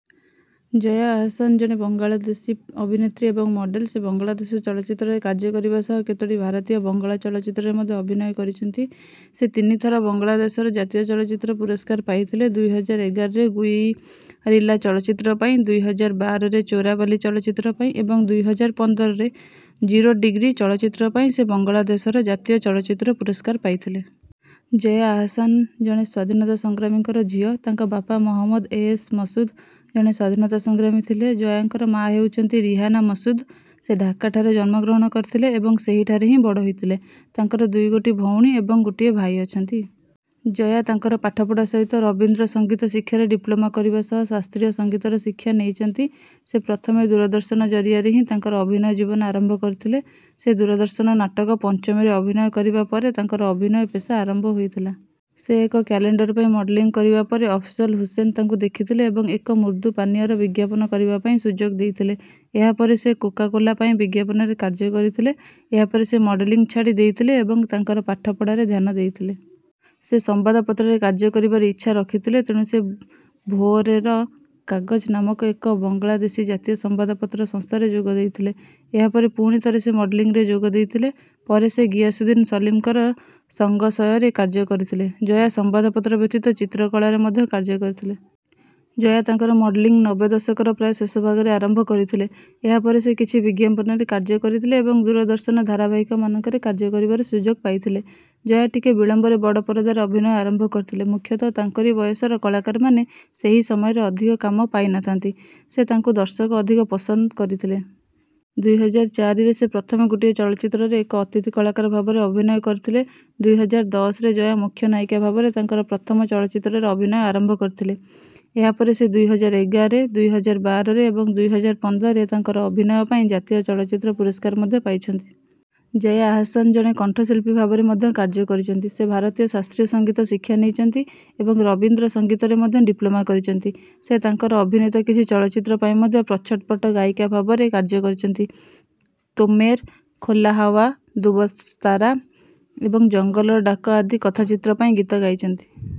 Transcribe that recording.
ଜୟା ଆହସାନ ଜଣେ ବଙ୍ଗାଳାଦେଶୀ ଅଭିନେତ୍ରୀ ଏବଂ ମଡେଲ। ସେ ବଙ୍ଗଳାଦେଶ ଚଳଚ୍ଚିତ୍ରରେ କାର୍ଯ୍ୟ କରିବା ସହ କେତୋଟି ଭାରତୀୟ ବଙ୍ଗଳା ଚଳଚ୍ଚିତ୍ରରେ ମଧ୍ୟ ଅଭିନୟ କରିଛନ୍ତି। ସେ ତିନି ଥର ବଙ୍ଗଳାଦେଶରେ ଜାତୀୟ ଚଳଚ୍ଚିତ୍ର ପୁରସ୍କାର ପାଇଥିଲେ। ଦୁଇ ହଜାର ଏଗାରରେ ଗୁଇରିଲ୍ଲା ଚଳଚ୍ଚିତ୍ର ପାଇଁ, ଦୁଇ ହଜାର ବାରରେ ଚୋରାବାଲି ଚଳଚ୍ଚିତ୍ର ପାଇଁ ଏବଂ ଦୁଇ ହଜାର ପନ୍ଦରରେ ଜିରୋ ଡୀଗ୍ରୀ ଚଳଚ୍ଚିତ୍ର ପାଇଁ ସେ ବଙ୍ଗଳାଦେଶର ଜାତୀୟ ଚଳଚ୍ଚିତ୍ର ପୁରସ୍କାର ପାଇଥିଲେ। ଜୟା ଆହସାନ ଜଣେ ସ୍ୱାଧୀନତା ସଂଗ୍ରାମୀଙ୍କର ଝିଅ। ତାଙ୍କ ବାପା ମହମଦ ଏ. ଏସ୍. ମସୁଦ୍ ଜଣେ ସ୍ୱାଧୀନତା ସଂଗ୍ରାମୀ ଥିଲେ। ଜୟାଙ୍କର ମାଆ ହେଉଛନ୍ତି ରିହାନା ମସୁଦ୍। ସେ ଢାକାଠାରେ ଜନ୍ମଗ୍ରହଣ କରିଥିଲେ ଏବଂ ସେହିଠାରେ ହିଁ ବଡ଼ ହୋଇଥିଲେ। ତାଙ୍କର ଦୁଇଗୋଟି ଭଉଣୀ ଏବଂ ଗୋଟିଏ ଭାଇ ଅଛନ୍ତି। ଜୟା ତାଙ୍କର ପାଠପଢ଼ା ସହିତ ରବିନ୍ଦ୍ର ସଙ୍ଗୀତ ଶିକ୍ଷାରେ ଡିପ୍ଲୋମା କରିବା ସହ ଶାସ୍ତ୍ରୀୟ ସଙ୍ଗୀତର ଶିକ୍ଷା ନେଇଛନ୍ତି। ସେ ପ୍ରଥମେ ଦୂରଦର୍ଶନ ଜରିଆରେ ହିଁ ତାଙ୍କର ଅଭିନୟ ଜୀବନ ଆରମ୍ଭ କରିଥିଲେ। ସେ ଦୂରଦର୍ଶନ ନାଟକ ପଞ୍ଚମୀରେ ଅଭିନୟ କରିବା ପରେ ତାଙ୍କର ଅଭିନୟ ପେଷା ଆରମ୍ଭ ହୋଇଥିଲା। ସେ ଏକ କ୍ୟାଲେଣ୍ଡର ପାଇଁ ମଡେଲିଂ କରିବା ପରେ ଅଫଜଲ ହୁସେନ ତାଙ୍କୁ ଦେଖିଥିଲେ ଏବଂ ଏକ ମୃଦୁ ପାନୀୟର ବିଜ୍ଞାପନ କରିବା ପାଇଁ ସୁଯୋଗ ଦେଇଥିଲେ। ଏହାପରେ ସେ କୋକା-କୋଲା ପାଇଁ ବିଜ୍ଞାପନରେ କାର୍ଯ୍ୟ କରିଥିଲେ। ଏହାପରେ ସେ ମଡେଲିଂ ଛାଡ଼ି ଦେଇଥିଲେ ଏବଂ ତାଙ୍କର ପାଠପଢ଼ାରେ ଧ୍ୟାନ ଦେଇଥିଲେ। ସେ ସମ୍ବାଦପତ୍ରରେ କାର୍ଯ୍ୟ କରିବାର ଇଚ୍ଛା ରଖିଥିଲେ, ତେଣୁ ସେ ଭୋରେର କାଗଜ ନାମକ ଏବଂ ବଙ୍ଗଳାଦେଶୀ ଜାତୀୟ ସମ୍ବାଦପତ୍ର ସଂସ୍ଥାରେ ଯୋଗ ଦେଇଥିଲେ। ଏହାପରେ ପୁଣିଥରେ ସେ ମଡେଲିଂରେ ଯୋଗ ଦେଇଥିଲେ। ପରେ ସେ ଗିଆସୁଦ୍ଦିନ ସଲିମଙ୍କର ସଙ୍ଗସୟରେ କାର୍ଯ୍ୟ କରିଥିଲେ। ଜୟା ସମ୍ବାଦପତ୍ର ବ୍ୟତୀତ ଚିତ୍ରକଳାରେ ମଧ୍ୟ କାର୍ଯ୍ୟ କରିଥିଲେ। ଜୟା ତାଙ୍କର ମଡେଲିଂ ନବେ ଦଶକର ପ୍ରାୟ ଶେଷ ଭାଗରେ ଆରମ୍ଭ କରିଥିଲେ। ଏହାପରେ ସେ କିଛି ବିଜ୍ଞାପନରେ କାର୍ଯ୍ୟ କରିଥିଲେ ଏବଂ ଦୂରଦର୍ଶନ ଧାରାବାହିକ ମାନଙ୍କରେ କାର୍ଯ୍ୟ କରିବାର ସୁଯୋଗ ପାଇଥିଲେ। ଜୟା ଟିକେ ବିଳମ୍ବରେ ବଡ଼ ପରଦାରେ ଅଭିନୟ ଆରମ୍ଭ କରିଥିଲେ। ମୁଖ୍ୟତଃ ତାଙ୍କରି ବୟସର କାଳାକାରମାନେ ସେହି ସମୟରେ ଅଧିକ କାମ ପାଇନଥାନ୍ତି, ସେ ତାଙ୍କୁ ଦର୍ଶକ ଅଧିକ ପସନ୍ଦ କରିଥିଲେ। ଦୁଇ ହଜାର ଚାରିରେ ସେ ପ୍ରଥମେ ଗୋଟିଏ ଚଳଚ୍ଚିତ୍ରରେ ଏକ ଅତିଥି କଳାକାର ଭାବରେ ଅଭିନୟ କରିଥିଲେ। ଦୁଇ ହାଜର ଦଶ ରେ ଜୟା ମୁଖ୍ୟ ନାୟିକା ଭାବରେ ତାଙ୍କର ପ୍ରଥମ ଚଳଚ୍ଚିତ୍ରରେ ଅଭିନୟ ଆରମ୍ଭ କରିଥିଲେ। ଏହାପରେ ସେଦୁଇ ହାଜର ଏଗାର ରେ, ଦୁଇ ହଜାର ବାର ରେ ଏବଂ ଦୁଇ ହଜାର ପନ୍ଦର ରେ ତାଙ୍କର ଅଭିନୟ ପାଇଁ ଜାତୀୟ ଚଳଚ୍ଚିତ୍ର ପୁରସ୍କାର ମଧ୍ୟ ପାଇଛନ୍ତି। ଜୟା ଆହସନ ଜଣେ କଣ୍ଠଶିଳ୍ପୀ ଭାବରେ ମଧ୍ୟ କାର୍ଯ୍ୟ କରିଛନ୍ତି। ସେ ଭାରତୀୟ ଶାସ୍ତ୍ରୀୟ ସଙ୍ଗୀତ ଶିକ୍ଷା ନେଇଛନ୍ତି ଏବଂ ରବିନ୍ଦ୍ର ସଙ୍ଗୀତରେ ମଧ୍ୟ ଡିପ୍ଲୋମା କରିଛନ୍ତି। ସେ ତାଙ୍କର ଅଭିନୀତ କିଛି ଚଳଚ୍ଚିତ୍ର ପାଇଁ ମଧ୍ୟ ପ୍ରଚ୍ଛଦପଟ ଗାୟିକା ଭାବରେ କାର୍ଯ୍ୟ କରିଛନ୍ତି। ତୋମେର ଖୋଲା ହାୱା, ଦୁବଶତାରା ଏବଂ ଜଙ୍ଗଲର ଡାକ ଆଦି କଥାଚିତ୍ର ପାଇଁ ଗୀତ ଗାଇଛନ୍ତି।